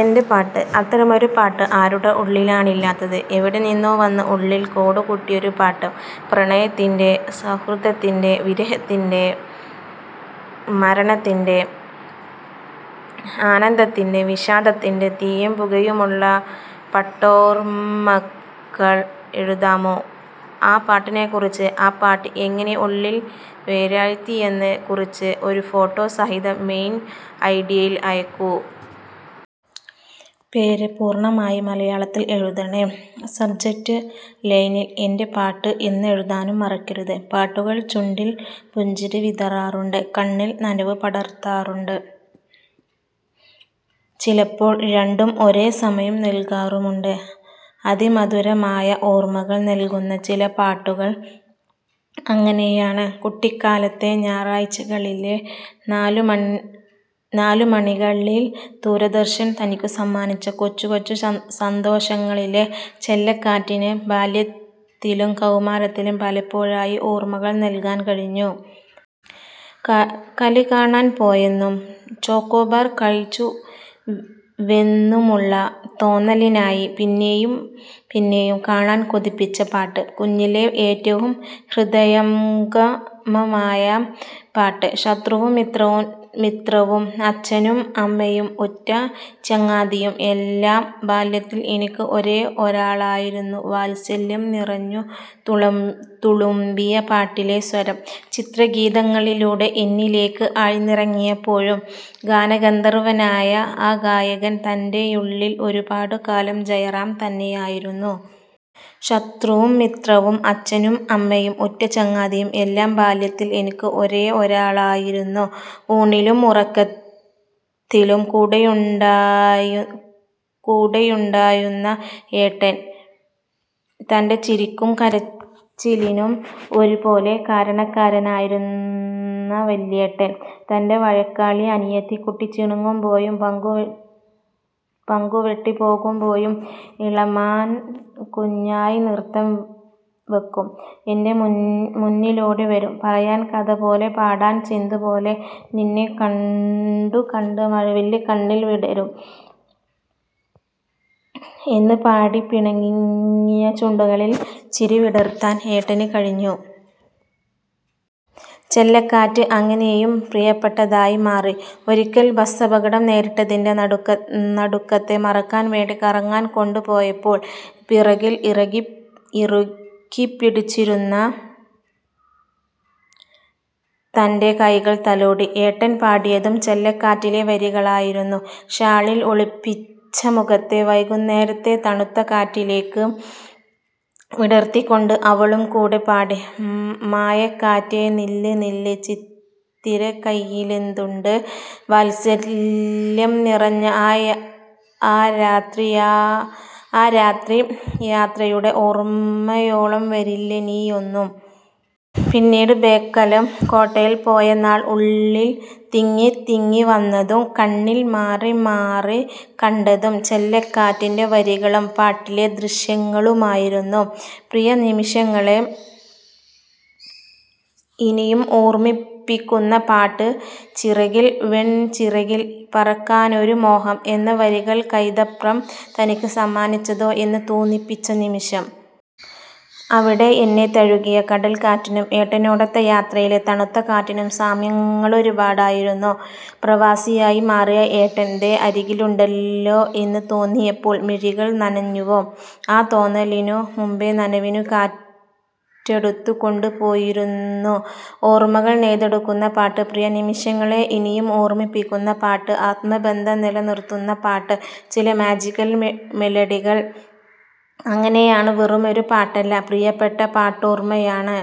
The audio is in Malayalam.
എൻ്റെ പാട്ട്: അത്തരമൊരു പാട്ട് ആരുടെ ഉള്ളിലാണില്ലാത്തത്. എവിടെനിന്നോ വന്ന് ഉള്ളിൽ കൂടുകൂട്ടിയൊരു പാട്ട്. പ്രണയത്തിൻ്റെ, സൗഹൃദത്തിൻ്റെ, വിരഹത്തിൻ്റെ, മരണത്തിൻ്റെ, ആനന്ദത്തിൻ്റെ, വിഷാദത്തിൻ്റെ തീയും പുകയുമുള്ള പാട്ടോർമ്മക്കൾ. എഴുതാമോ, ആ പാട്ടിനെക്കുറിച്ച്. ആ പാട്ട് എങ്ങനെ ഉള്ളിൽ വേരാഴ്ത്തിയെന്ന്. കുറിപ്പ് ഒരു ഫോട്ടോ സഹിതം മെയിൽ ഐഡിയിൽ അയക്കൂ. പേര് പൂർണ്ണമായി മലയാളത്തിൽ എഴുതണേ, സബ്ജെക്ട് ലൈനിൽ 'എൻ്റെ പാട്ട് ' എന്നെഴുതാനും മറക്കരുത് പാട്ടുകൾ ചുണ്ടിൽ പുഞ്ചിരി വിതരാറുണ്ട്. കണ്ണിൽ നനവ് പടർത്താറുണ്ട്. ചിലപ്പോൾ, രണ്ടും ഒരേസമയം നൽകാറുമുണ്ട്. അതിമധുരമായ ഓർമകൾ നൽകുന്ന ചില പാട്ടുകൾ അങ്ങനെയാണ്. കുട്ടിക്കാലത്തെ ഞായറാഴ്ചകളിലെ നാലുമണികളിൽ ദൂരദർശൻ തനിക്കു സമ്മാനിച്ച 'കൊച്ചു കൊച്ചു സന്തോഷങ്ങളിലെ’ ‘ചെല്ലക്കാറ്റിന്’ ബാല്യത്തിലും കൗമാരത്തിലും പലപ്പോഴായി ഓർമ്മകൾ നൽകാൻ കഴിഞ്ഞു. കല് കാണാൻ പോയെന്നും ചോക്കോബാർ കഴിച്ചുവെന്നുമുള്ള തോന്നലിനായി പിന്നെയും പിന്നെയും കാണാൻ കൊതിപ്പിച്ച പാട്ട്. കുഞ്ഞിലെ ഏറ്റവും ഹൃദയംഗമമായ പാട്ട്. ശത്രുവും മിത്രവും അച്ഛനും അമ്മയും ഉറ്റചങ്ങാതിയും എല്ലാം ബാല്യത്തിൽ എനിക്ക് ഒരേ ഒരാളായിരുന്നു വാത്സല്യം നിറഞ്ഞു തുളുമ്പിയ പാട്ടിലെ സ്വരം ചിത്രഗീതങ്ങളിലൂടെ എന്നിലേക്ക് ആഴ്ന്നിറങ്ങിയപ്പോഴും ഗാനഗന്ധർവനായ ആ ഗായകൻ തൻ്റെയുള്ളിൽ ഒരുപാടുകാലം ജയറാം തന്നെയായിരുന്നു. ശത്രുവും മിത്രവും അച്ഛനും അമ്മയും ഉറ്റചങ്ങാതിയും എല്ലാം ബാല്യത്തിൽ എനിക്ക് ഒരേ ഒരാളായിരുന്നു. ഊണിലും ഉറക്കത്തിലും കൂടെയുണ്ടായുന്ന ഏട്ടൻ. തൻ്റെ ചിരിക്കും കരച്ചിലിനും ഒരുപോലെ കാരണക്കാരനായിരുന്ന വല്യേട്ടൻ. തൻ്റെ വഴക്കാളി അനിയത്തികുട്ടി ചിണുങ്ങുമ്പോഴും പങ്കുവെട്ടി പോകുമ്പോഴും "ഇളമാൻ കുഞ്ഞായ് നൃത്തം വക്കും എൻ്റെ മുന്നിലോടി വരും പറയാൻ കഥ പോലെ പാടാൻ ചിന്തു പോലെ നിന്നെ കണ്ടു കണ്ട് മഴവില്ല് കണ്ണിൽ വിടരും" എന്ന് പാടി പിണങ്ങിയ ചുണ്ടുകളിൽ ചിരി വിടർത്താൻ ഏട്ടന് കഴിഞ്ഞു. 'ചെല്ലക്കാറ്റ്' അങ്ങനെയും പ്രിയപ്പെട്ടതായി മാറി. ഒരിക്കൽ ബസ്സപകടം നേരിട്ടതിൻ്റെ നടുക്കത്തെ മറക്കാൻ വേണ്ടി കറങ്ങാൻ കൊണ്ടുപോയപ്പോൾ പിറകിൽ ഇറുക്കിപ്പിടിച്ചിരുന്ന തൻ്റെ കൈകൾ തലോടി ഏട്ടൻ പാടിയതും ചെല്ലക്കാറ്റിലെ വരികളായിരുന്നു. ഷാളിൽ ഒളിപ്പിച്ച മുഖത്തെ വൈകുന്നേരത്തെ തണുത്ത കാറ്റിലേക്ക് വിടർത്തികൊണ്ട് അവളും കൂടെ പാടി, "മായക്കാറ്റേ നില്ല് നില്ല് ചിത്തിര കയ്യിലെന്തുണ്ട്" വാത്സല്യം നിറഞ്ഞ ആ രാത്രിയാത്രയുടെ ഓർമ്മയോളം വരില്ലിനിയൊന്നും! പിന്നീട്, ബേക്കലം കോട്ടയിൽ പോയ നാൾ ഉള്ളിൽ തിങ്ങി തിങ്ങി വന്നതും കണ്ണിൽ മാറി മാറി കണ്ടതും ചെല്ലക്കാറ്റിൻ്റെ വരികളും പാട്ടിലെ ദൃശ്യങ്ങളുമായിരുന്നു. പ്രിയ നിമിഷങ്ങളെ ഇനിയും ഓർമ്മിപ്പിക്കുന്ന പാട്ട് "ചിറകിൽ വെൺചിറകിൽ പറക്കാനൊരു മോഹം" എന്ന വരികൾ കൈതപ്രം തനിക്ക് സമ്മാനിച്ചതോ എന്ന് തോന്നിപ്പിച്ച നിമിഷം. അവിടെ എന്നെ തഴുകിയ കടൽകാറ്റിനും ഏട്ടനോടൊത്ത യാത്രയിലെ തണുത്ത കാറ്റിനും സാമ്യങ്ങളൊരുപാടായിരുന്നു. പ്രവാസിയായി മാറിയ ഏട്ടൻ, ദേ അരികിലുണ്ടല്ലോ എന്ന് തോന്നിയപ്പോൾ മിഴികൾ നനഞ്ഞുവോ? ആ തോന്നലിനു മുമ്പേ നനവിനെ കാറ്റെടുത്തു കൊണ്ട് പോയിരുന്നു. ഓർമ്മകൾ നെയ്തെടുക്കുന്ന പാട്ട് പ്രിയ നിമിഷങ്ങളെ ഇനിയും ഓർമ്മിപ്പിക്കുന്ന പാട്ട് ആത്മബന്ധം നിലനിർത്തുന്ന പാട്ട് ചില മാജിക്കൽ മെലഡികൾ അങ്ങനെയാണ്, വെറുമൊരു പാട്ടല്ല, പ്രിയപ്പെട്ട പാട്ടോർമ്മയാണ്.